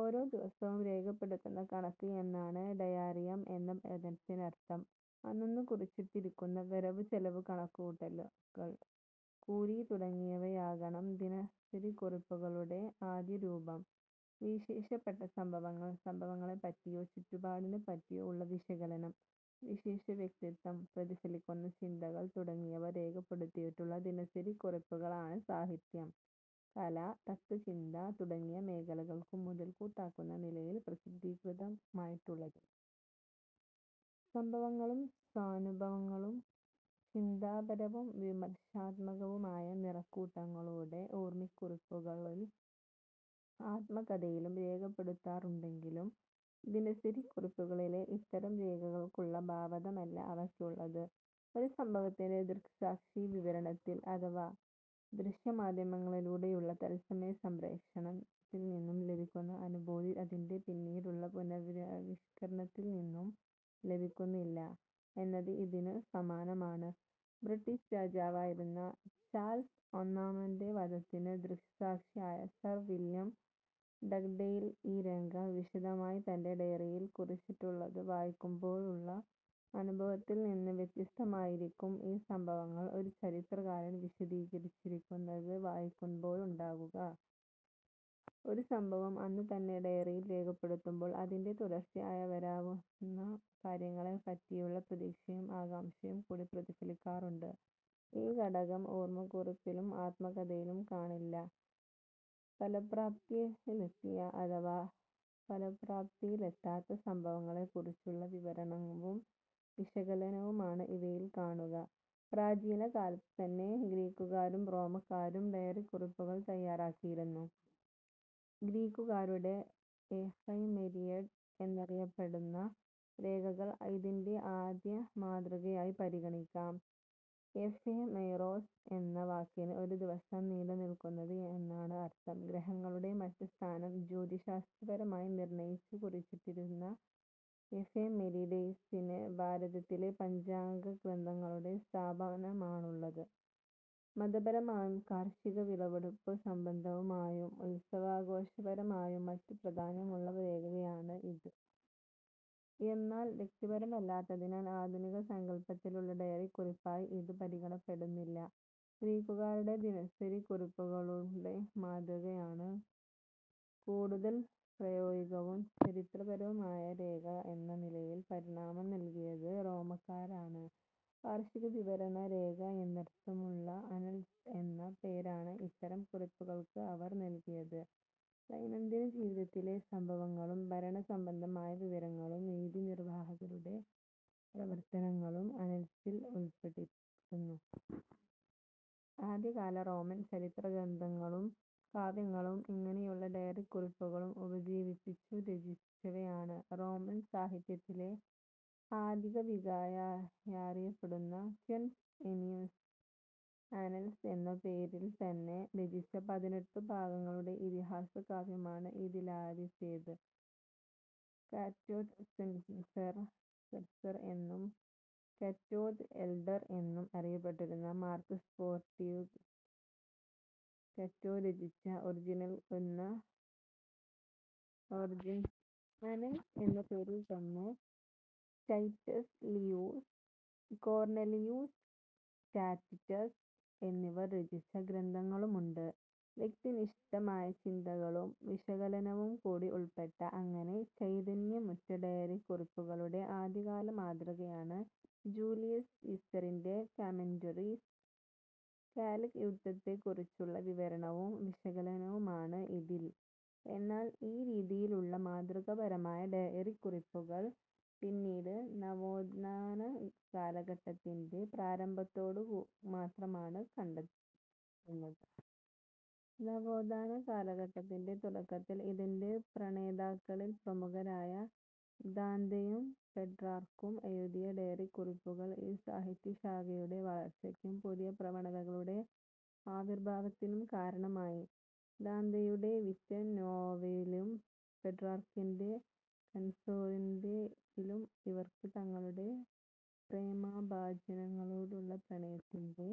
ഓരോ ദിവസവും രേഖപ്പെടുത്തുന്ന കണക്ക് എന്നാണ് ഡയാറിയം എന്ന പദത്തിനർഥം. അന്നന്നു കുറിച്ചിട്ടിരുന്ന വരവു ചെലവു കണക്കുകൾ, കൂലി തുടങ്ങിയവയാകണം ദിനസരിക്കുറിപ്പുകളുടെ ആദ്യ രൂപം. വിശേഷപ്പെട്ട സംഭവങ്ങൾ, സംഭവങ്ങളെപ്പറ്റിയോ ചുറ്റുപാടിനെപ്പറ്റിയോ ഉള്ള വിശകലനം, വിശേഷ വ്യക്തിത്വം പ്രതിഫലിക്കുന്ന ചിന്തകൾ തുടങ്ങിയവ രേഖപ്പെടുത്തിയിട്ടുള്ള ദിനസരിക്കുറിപ്പുകളാണ് സാഹിത്യം, കല, തത്ത്വചിന്ത തുടങ്ങിയ മേഖലകൾക്കു മുതൽക്കൂട്ടാകുന്ന നിലയിൽ പ്രസിദ്ധീകൃതമായിട്ടുള്ളത്. സംഭവങ്ങളും സ്വാനുഭവവും ചിന്താപരവും വിമർശാത്മകവുമായ നിറക്കൂട്ടുകളോടെ ഓർമക്കുറിപ്പുകളിലും ആത്മകഥയിലും രേഖപ്പെടുത്താറുണ്ടെങ്കിലും ദിനസരിക്കുറിപ്പുകളിലെ ഇത്തരം രേഖകൾക്കുള്ള ഭാവതലമല്ല അവയ്ക്കുള്ളത്. ഒരു സംഭവത്തിന്റെ ദൃക്സാക്ഷി വിവരണത്തിൽ, അഥവാ ദൃശ്യമാധ്യമത്തിലൂടെയുള്ള തത്സമയ സംപ്രേഷണത്തിൽ നിന്നു ലഭിക്കുന്ന അനുഭൂതി അതിന്റെ പിന്നീടുള്ള പുനരാവിഷ്കരണത്തിൽ നിന്നു ലഭിക്കുന്നില്ല എന്നത് ഇതിനു സമാനമാണ്. ബ്രിട്ടിഷ് രാജാവായിരുന്ന ചാൾസ് ഒന്നാമന്റെ വധത്തിനു ദൃക്സാക്ഷിയായ സർ വില്യം ഡഗ്ഡെയിൽ ഈ രംഗം വിശദമായി തന്റെ ഡയറിയിൽ കുറിച്ചിട്ടതു വായിക്കുമ്പോഴുള്ള അനുഭവത്തിൽ നിന്ന് വ്യത്യസ്തമായിരിക്കും ഈ സംഭവം ഒരു ചരിത്രകാരൻ വിശദീകരിച്ചിരിക്കുന്നതു വായിക്കുമ്പോഴുണ്ടാകുക. ഒരു സംഭവം അന്നു തന്നെ ഡയറിയിൽ രേഖപ്പെടുത്തുമ്പോൾ അതിന്റെ തുടർച്ചയായി വരാവുന്ന കാര്യങ്ങളെപ്പറ്റിയുള്ള പ്രതീക്ഷയും ആകാംക്ഷയും കൂടി പ്രതിഫലിക്കാറുണ്ട്. ഈ ഘടകം ഓർമക്കുറിപ്പിലും ആത്മകഥയിലും കാണില്ല. ഫലപ്രാപ്തിയിലെത്തിയ അഥവാ ഫലപ്രാപ്തിയിലെത്താത്ത സംഭവങ്ങളെക്കുറിച്ചുള്ള വിവരണവും വിശകലനവുമാണ് ഇവയിൽ കാണുക. പ്രാചീന കാലത്തു തന്നെ ഗ്രീക്കുകാരും റോമാക്കാരും ഡയറിക്കുറിപ്പുകൾ തയ്യാറാക്കിയിരുന്നു. ഗ്രീക്കുകാരുടെ എഫെമെരിഡെസ് എന്നറിയപ്പെടുന്ന രേഖകൾ ഇതിന്റെ ആദ്യമാതൃകയായി പരിഗണിക്കാം. എഫെമെറോസ് എന്ന വാക്കിന് ഒരു ദിവസം നീണ്ടു നിൽക്കുന്നത് എന്നാണർഥം. ഗ്രഹങ്ങളുടെയും മറ്റും സ്ഥാനം ജ്യോതിശ്ശാസ്ത്രപരമായി നിർണയിച്ചു കുറിച്ചിട്ടിരുന്ന എഫെമെരിഡെസിന് ഭാരതത്തിലെ പഞ്ചാംഗ ഗ്രന്ഥങ്ങളുടെ സ്ഥാനമാണുള്ളത്. മതപരമായും കാർഷിക വിളവെടുപ്പു സംബന്ധമായും ഉത്സവാഘോഷപരമായും മറ്റും പ്രാധാന്യമുള്ള രേഖയാണ് ഇത്. എന്നാൽ വ്യക്തിപരമല്ലാത്തതിനാൽ ആധുനിക സങ്കല്പത്തിലുള്ള ഡയറിക്കുറിപ്പായി ഇത് പരിഗണിക്കപ്പെടുന്നില്ല. ഗ്രീക്കുകാരുടെ ദിനസരിക്കുറിപ്പുകളുടെ മാതൃകയ്ക്ക് കൂടുതൽ പ്രായോഗികവും ചരിത്രപരവുമായ രേഖ എന്ന നിലയിൽ പരിണാമം നൽകിയത് റോമാക്കാരാണ്. വാർഷിക വിവരണ രേഖ എന്നർഥമുള്ള അനൽസ് എന്ന പേരാണ് ഇത്തരം കുറിപ്പുകൾക്ക് അവർ നൽകിയത്. ദൈനംദിന ജീവിതത്തിലെ സംഭവങ്ങളും ഭരണസംബന്ധമായ വിവരണങ്ങളും നീതിനിർവാഹകരുടെ പ്രവർത്തനങ്ങളും അനൽസിൽ ഉൾപ്പെട്ടിരുന്നു. ആദ്യകാല റോമൻ ചരിത്ര ഗ്രന്ഥങ്ങളും കാവ്യങ്ങളും ഇങ്ങനെയുള്ള ഡയറിക്കുറിപ്പുകളെ ഉപജീവിച്ചു രചിച്ചവയാണ്. റോമൻ സാഹിത്യത്തിലെ ആദികവിയായറിയപ്പെടുന്ന ക്വിന്റസ് എന്നിയുസ് അനൽസ് എന്ന പേരിൽത്തന്നെ രചിച്ച പതിനെട്ടു ഭാഗങ്ങളുള്ള ഇതിഹാസ കാവ്യമാണ് ഇതിലാദ്യത്തേത്. കറ്റൊ ദ് സെൻസർ എന്നും കറ്റൊ ദ് എൽഡർ എന്നും അറിയപ്പെട്ടിരുന്ന മാർകസ് പോർസിയുസ് കറ്റൊ രചിച്ച ഒറിജിൻസ് എന്ന പേരിലുള്ള ചരിത്രഗ്രന്ഥവും ഗ്രീക്ക് എഫെമെരിഡെസിന്റെ മാതൃകയിലുള്ളതാണ്. അനൽസ് എന്ന പേരിൽത്തന്നെ റ്റൈറ്റസ് ലിയൂസ്, കോർണേലിയൂസ് റ്റാസിറ്റസ് എന്നിവർ രചിച്ച ഗ്രന്ഥങ്ങളുമുണ്ട്. വ്യക്തിനിഷ്ഠമായ ചിന്തകളും വിശകലനവും കൂടി ഉൾപ്പെട്ട, അങ്ങനെ ചൈതന്യമുറ്റ ഡയറിക്കുറിപ്പുകളുടെ ആദ്യകാല മാതൃകയാണ് ജൂലിയസ് സീസറിന്റെ കമന്ററീസ്. ഗാലിക് യുദ്ധത്തെക്കുറിച്ചുള്ള വിവരണവും വിശകലനവുമാണ് ഇതിൽ. എന്നാൽ ഈ രീതിയിലുള്ള മാതൃകാപരമായ ഡയറിക്കുറിപ്പുകൾ പിന്നീട് നവോത്ഥാനകാലഘട്ടത്തിന്റെ പ്രാരംഭത്തോടെ മാത്രമാണ് കണ്ടെത്തുന്നത്. നവോത്ഥാന കാലഘട്ടത്തിന്റെ തുടക്കത്തിൽ ഇതിന്റെ പ്രണേതാക്കളിൽ പ്രമുഖരായ ദാന്തെയും പെട്രാർക്കും എഴുതിയ ഡയറിക്കുറിപ്പുകൾ ഈ സാഹിത്യശാഖയുടെ വളർച്ചയ്ക്കും പുതിയ പ്രവണതകളുടെ ആവിർഭാവത്തിനും കാരണമായി. ദാന്തെയുടെ വിറ്റ നുഒവ യിലും പെട്രാർക്കിന്റെ കൻസൊനീറെ യിലും ഇവർക്ക് തങ്ങളുടെ പ്രേമഭാജനങ്ങളോടുള്ള പ്രണയത്തിന്റെ